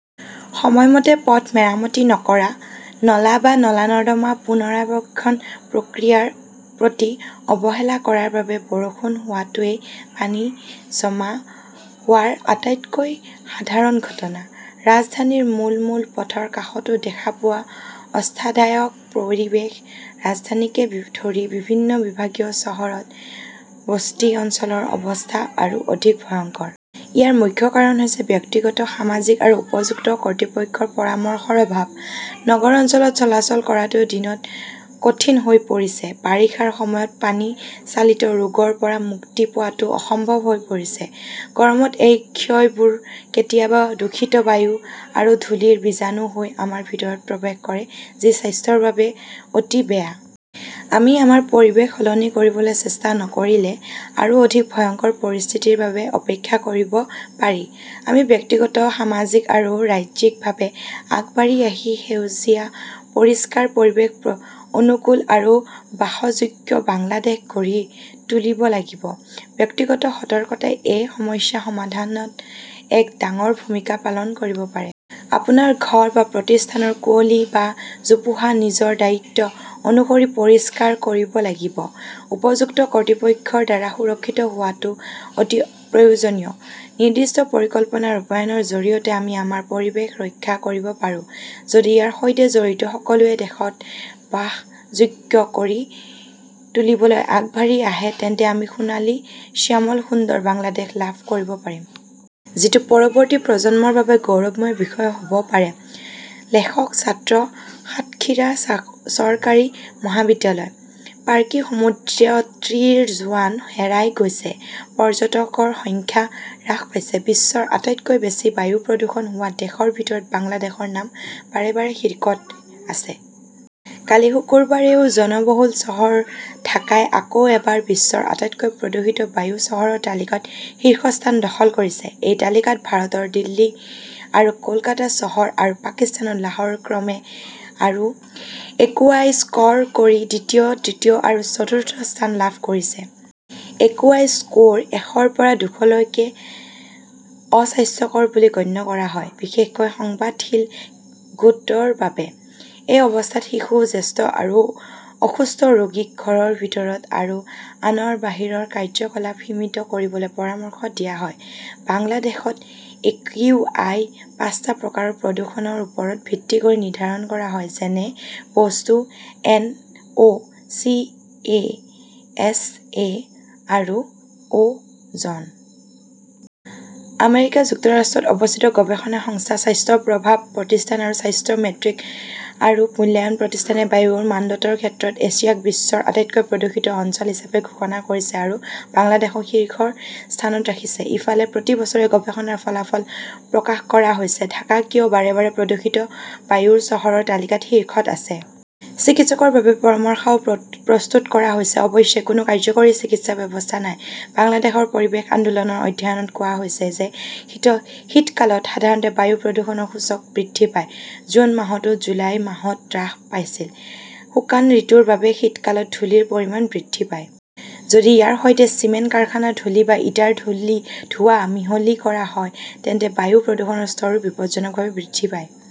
সময়মতে পথ মেৰামতি নকৰা, নলা বা নলা-নৰ্দমা পুনৰ্বাসন প্ৰক্ৰিয়াৰ প্ৰতি অৱহেলা কৰাৰ বাবে বৰষুণ হোৱাটোৱেই পানী জমা হোৱাৰ আটাইতকৈ সাধাৰণ ঘটনা। ৰাজধানীৰ মূল মূল পথৰ কাষটো দেখা পোৱা অস্বস্তিদায়ক পৰিৱেশ। ৰাজধানীকে ধৰি বিভিন্ন বিভাগীয় চহৰত বস্তি অঞ্চলৰ অৱস্থা আৰু অধিক ভয়ংকৰ। ইয়াৰ মুখ্য কাৰণ হৈছে ব্যক্তিগত, সামাজিক আৰু উপযুক্ত কৰ্তৃপক্ষৰ পৰামৰ্শৰ অভাৱ। নগৰ অঞ্চলত চলাচল কৰাটো দিনত কঠিন হৈ পৰিছে। বাৰিষাৰ সময়ত পানী-চালিত ৰোগৰ পৰা মুক্তি পোৱাটো অসম্ভৱ হৈ পৰিছে। গৰমত এই ক্ষয়বোৰ কেতিয়াবা দূষিত বায়ু বা ধূলিৰ জীৱাণু হৈ আমাৰ ভিতৰত প্ৰৱেশ কৰে যি স্বাস্থ্যৰ বাবে অতি বেয়া। আমি আমাৰ পৰিৱেশ সলনি কৰিবলৈ চেষ্টা নকৰিলে আৰু অধিক ভয়ংকৰ পৰিস্থিতিৰ বাবে অপেক্ষা কৰিব পাৰি। আমি ব্যক্তিগত, সামাজিক আৰু ৰাজ্যিকভাৱে আগবাঢ়ি আহি সেউজীয়া, পৰিষ্কাৰ পৰিৱেশ অনুকূল আৰু বাসযোগ্য বাংলাদেশ গঢ়ি তুলিব লাগিব। ব্যক্তিগত সতৰ্কতাই এই সমস্যা সমাধানত এক ডাঙৰ ভূমিকা পালন কৰিব পাৰে। আপোনাৰ ঘৰ বা প্ৰতিষ্ঠানৰ কুঁৱলী বা জোপোহা নিজৰ দায়িত্ব অনুসৰি পৰিষ্কাৰ কৰিব লাগিব। উপযুক্ত কৰ্তৃপক্ষৰ দ্বাৰা সুৰক্ষিত হোৱাটো অতি প্ৰয়োজনীয়। নিৰ্দিষ্ট পৰিকল্পনা ৰূপায়ণৰ জৰিয়তে আমি আমাৰ পৰিৱেশ ৰক্ষা কৰিব পাৰোঁ। যদি ইয়াৰ সৈতে জড়িত সকলোৱে দেশক বাসযোগ্য কৰি তুলিবলৈ আগবাঢ়ি আহে, তেন্তে আমি সোণালী শ্যামল সুন্দৰ বাংলাদেশ লাভ কৰিব পাৰিম। যিটো পৰৱৰ্তী প্ৰজন্মৰ বাবে গৌৰৱৰ বিষয় হ'ব পাৰে। লেখক ছাত্ৰ সাতখিৰা চৰকাৰী মহাবিদ্যালয়। পাৰ্কি সমুদ্ৰতীৰৰ জোৱান হেৰাই গৈছে, পৰ্যটকৰ সংখ্যা হ্ৰাস পাইছে, বিশ্বৰ আটাইতকৈ বেছি বায়ু প্ৰদূষণ হোৱা দেশসমূহৰ ভিতৰত বাংলাদেশৰ নাম বাৰে বাৰে শীৰ্ষত আছে। কালি শুক্ৰবাৰেও জনবহুল চহৰ ঢাকাই আকৌ এবাৰ বিশ্বৰ আটাইতকৈ প্ৰদূষিত বায়ু চহৰৰ তালিকাত শীৰ্ষস্থান দখল কৰিছে। এই তালিকাত ভাৰতৰ দিল্লী আৰু কলকাতা চহৰ আৰু পাকিস্তানৰ লাহোৰে ক্ৰমে আৰু একিউআই স্ক'ৰ কৰি দ্বিতীয়, তৃতীয় আৰু চতুৰ্থ স্থান লাভ কৰিছে। একিউআই স্ক'ৰ এশৰ পৰা দুশলৈকে অস্বাস্থ্যকৰ বুলি গণ্য কৰা হয়। বিশেষকৈ সংবেদনশীল গোটৰ বাবে। এই অৱস্থাত শিশু, জ্যেষ্ঠ আৰু অসুস্থ ৰোগীসকলক ঘৰৰ ভিতৰত আৰু আনৰ বাহিৰৰ কাৰ্যকলাপ সীমিত কৰিবলৈ পৰামৰ্শ দিয়া হয়। বাংলাদেশত একিউআই পাঁচটা প্ৰকাৰৰ প্ৰদূষণৰ ওপৰত ভিত্তি কৰি নিৰ্ধাৰণ কৰা হয়, যেনে বস্তু এন অ', চিঅ', এছ অ' আৰু অ'জন। আমেৰিকা যুক্তৰাষ্ট্ৰত অৱস্থিত গৱেষণা সংস্থা স্বাস্থ্য প্ৰভাৱ প্ৰতিষ্ঠান আৰু স্বাস্থ্য মেট্ৰিক আৰু মূল্যায়ন প্ৰতিষ্ঠানে বায়ুৰ মানদণ্ডৰ ক্ষেত্ৰত এছিয়াক বিশ্বৰ আটাইতকৈ প্ৰদূষিত অঞ্চল হিচাপে ঘোষণা কৰিছে আৰু বাংলাদেশক ইয়াৰ শীৰ্ষত ৰাখিছে। ইফালে, প্ৰতি বছৰে গৱেষণাৰ ফলাফল প্ৰকাশ কৰা হৈছে, ঢাকা কিয় বাৰে বাৰে প্ৰদূষিত বায়ুৰ চহৰৰ তালিকাত শীৰ্ষত আছে। চিকিৎসাৰ বাবে পৰামৰ্শও প্ৰস্তুত কৰা হৈছে। অৱশ্যে, কোনো কাৰ্যকৰী চিকিৎসা ব্যৱস্থা নাই। বাংলাদেশ পৰিৱেশ আন্দোলনৰ অধ্যয়নত কোৱা হৈছে যে, শীতকালত সাধাৰণতে বায়ু প্ৰদূষণৰ সূচক বৃদ্ধি পায়। জুন মাহটো জুলাই মাহত হ্ৰাস পাইছিল। শুকান ঋতুৰ বাবে শীতকালত ধূলিৰ পৰিমাণও বৃদ্ধি পায়। যদি ইয়াৰ সৈতে চিমেণ্ট কাৰখানাৰ ধূলি বা ইটাৰ ধোঁৱা মিহলি কৰা হয়, তেন্তে বায়ু প্ৰদূষণৰ স্তৰো বিপদজনকভাৱে বৃদ্ধি পায়।